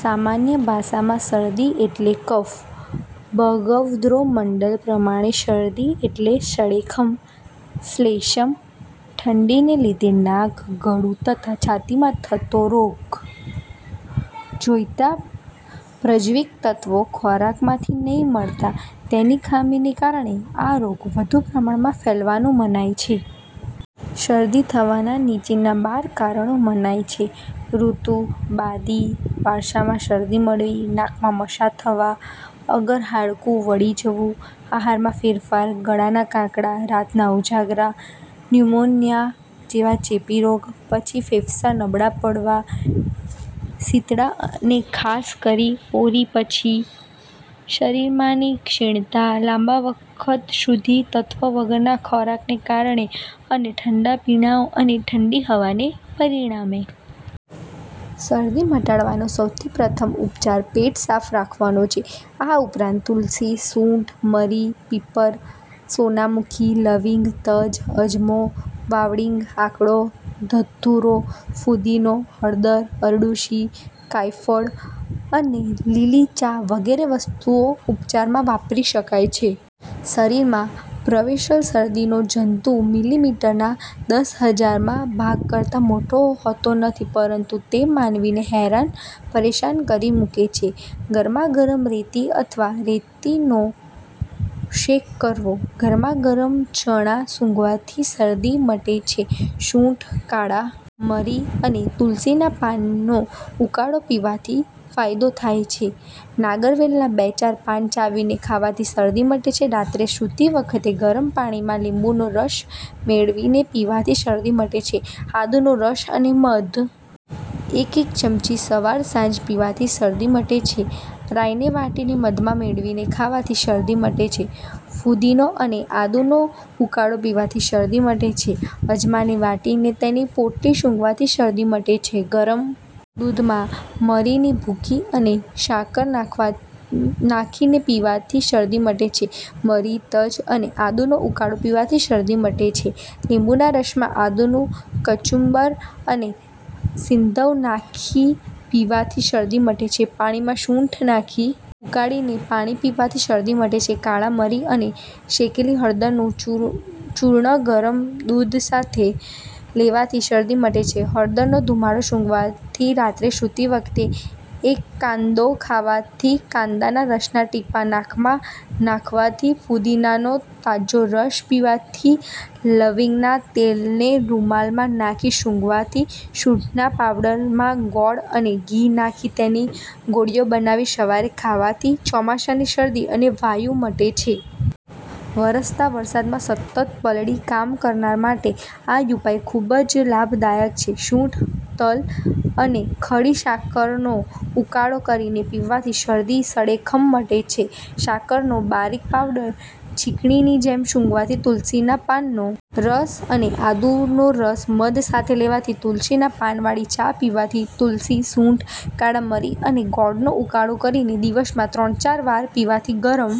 સામાન્ય ભાષામાં શરદી એટલે કફ. ભગવદ્ગોમંડલ પ્રમાણે શરદી એટલે સળેખમ;…… શ્લેષ્મ; ઠંડીને લીધે નાક, ગળું તથા છાતીમાં થતો રોગ. જોઈતાં પ્રજીવક તત્ત્વો ખોરાકમાંથી નહિ મળતાં તેની ખામીને કારણે આ રોગ વધુ પ્રમાણમાં ફેલાવાનું મનાય છે. શરદી થવાના નીચેના બાર કારણો મનાય છે.: ઋતુ, બાદી, વારસામાં શરદી મળવી, નાકમાં મસા થવા અગર હાડકું વળી જવું, આહારમાં ફેરફાર, ગળાના કાકડા, રાતના ઉજાગરા, ન્યુમોનીઆ જેવા ચેપી રોગ પછી ફેફસાં નબળાં પડવાં, શીતળા ને ખાસ કરી ઓરી પછી, શરીરમાંની ક્ષીણતા, લાંબા વખત સુધી તત્ત્વ વગરના ખોરાકોને કારણે અને ઠંડા પીણાઓ અને ઠંડી હવાને પરિણામે. શરદી મટાડવાનો સૌથી પ્રથમ ઉપચાર પેટ સાફ રાખવાનો છે. આ ઉપરાંત તુલસી, સૂંઠ, મરી, પીપર, સોનામુખી, લવિંગ, તજ, અજમો, વાવડિંગ, આકડો, ધતૂરો, ફુદીનો, હળદર, અરડૂસી, કાયફળ અને લીલી ચા વગેરે વસ્તુઓ ઉપચારમાં વાપરી શકાય છે. શરીરમાં પ્રવેશલ શરદીનો જંતુ મિલિમિટરના દશહજારમાંં ભાગ કરતાં મોટો હોતો નથી પરંતુ તે માનવીને હેરાન પરેશાન કરી મુકે છે. ગરમાગરમ રેતી અથવા રેતીનો શેક કરવો ગરમાગરમ ચણા સુંઘવાથી શરદી મટે છે સૂંઠ, કાળાં મરી અને તુલસીનાં પાનનો ઉકાળો પીવાથી ફાયદો થાય છે નાગરવેલનાં બેચાર પાન ચાવીને ખાવાથી શરદી મટે છે રાત્રે સૂતી વખતે ગરમ પાણીમાં લીંબુનો રસ મેળવીને પીવાથી શરદી મટે છે આદુનો રસ અને મધ એક એક ચમચી સવારસાંજ પીવાથી શરદી મટે છે રાઈને વાટીને મધમાં મેળવીને ખાવાથી શરદી મટે છે ફુદીનો અને આદુનો ઉકાળો પીવાથી શરદી મટે છે અજમાને વાટી તેની પોટલી સૂંઘવાથી શરદી મટે છે ગરમ દૂધમાં મરીની ભૂકી અને સાકર નાખીને પીવાથી શરદી મટે છે મરી, તજ અને આદુનો ઉકાળો પીવાથી શરદી મટે છે લીંબુના રસમાં આદુનું કચુંબર અને સિંધવ નાખી પીવાથી શરદી મટે છે પાણીમાં સૂંઠ નાખી ઉકાળીને પાણી પીવાથી શરદી મટે છે કાળાંં મરી અને શેકેલી હળદરનું ચૂર્ણ ગરમ દૂધ સાથે લેવાથી શરદી મટે છે હળદરનો ધુમાડો સુંઘવાથી રાત્રે સૂતી વખતે એક કાંદો ખાવાથી કાંદાના રસનાં ટીપાં નાકમાં નાખવાથી ફુદીનાનો તાજો રસ પીવાથી લવિંગના તેલને રૂમાલમાં નાખી સુંઘવાથી સૂંઠના પાવડરમાં ગોળ અને ઘી નાખી તેની ગોળીઓ બનાવી સવારે ખાવાથી ચોમાસાની શરદી અને વાયુ મટે છે. વરસતા વરસાદમાં સતત પલળી કામ કરનાર માટે આ ઉપાય ખૂબ જ લાભદાયક છે. સૂંઠ, તલ અને ખડી સાકારનો ઉકાળો કરીને પીવાથી શરદી, સળેખમ મટે છે સાકરનો બારીક પાવડર છીંકણીની જેમ સુંઘવાથી તુલસીના પાનનો રસ અને આદુનો રસ મધ સાથે લેવાથી તુલસીના પાનવાળી ચા પીવાથી તુલસી, સૂંઠ, કાળાં મરી અને ગોળનો ઉકાળો કરીને દિવસમાં ત્રણ ચાર વાર પીવાથી ગરમ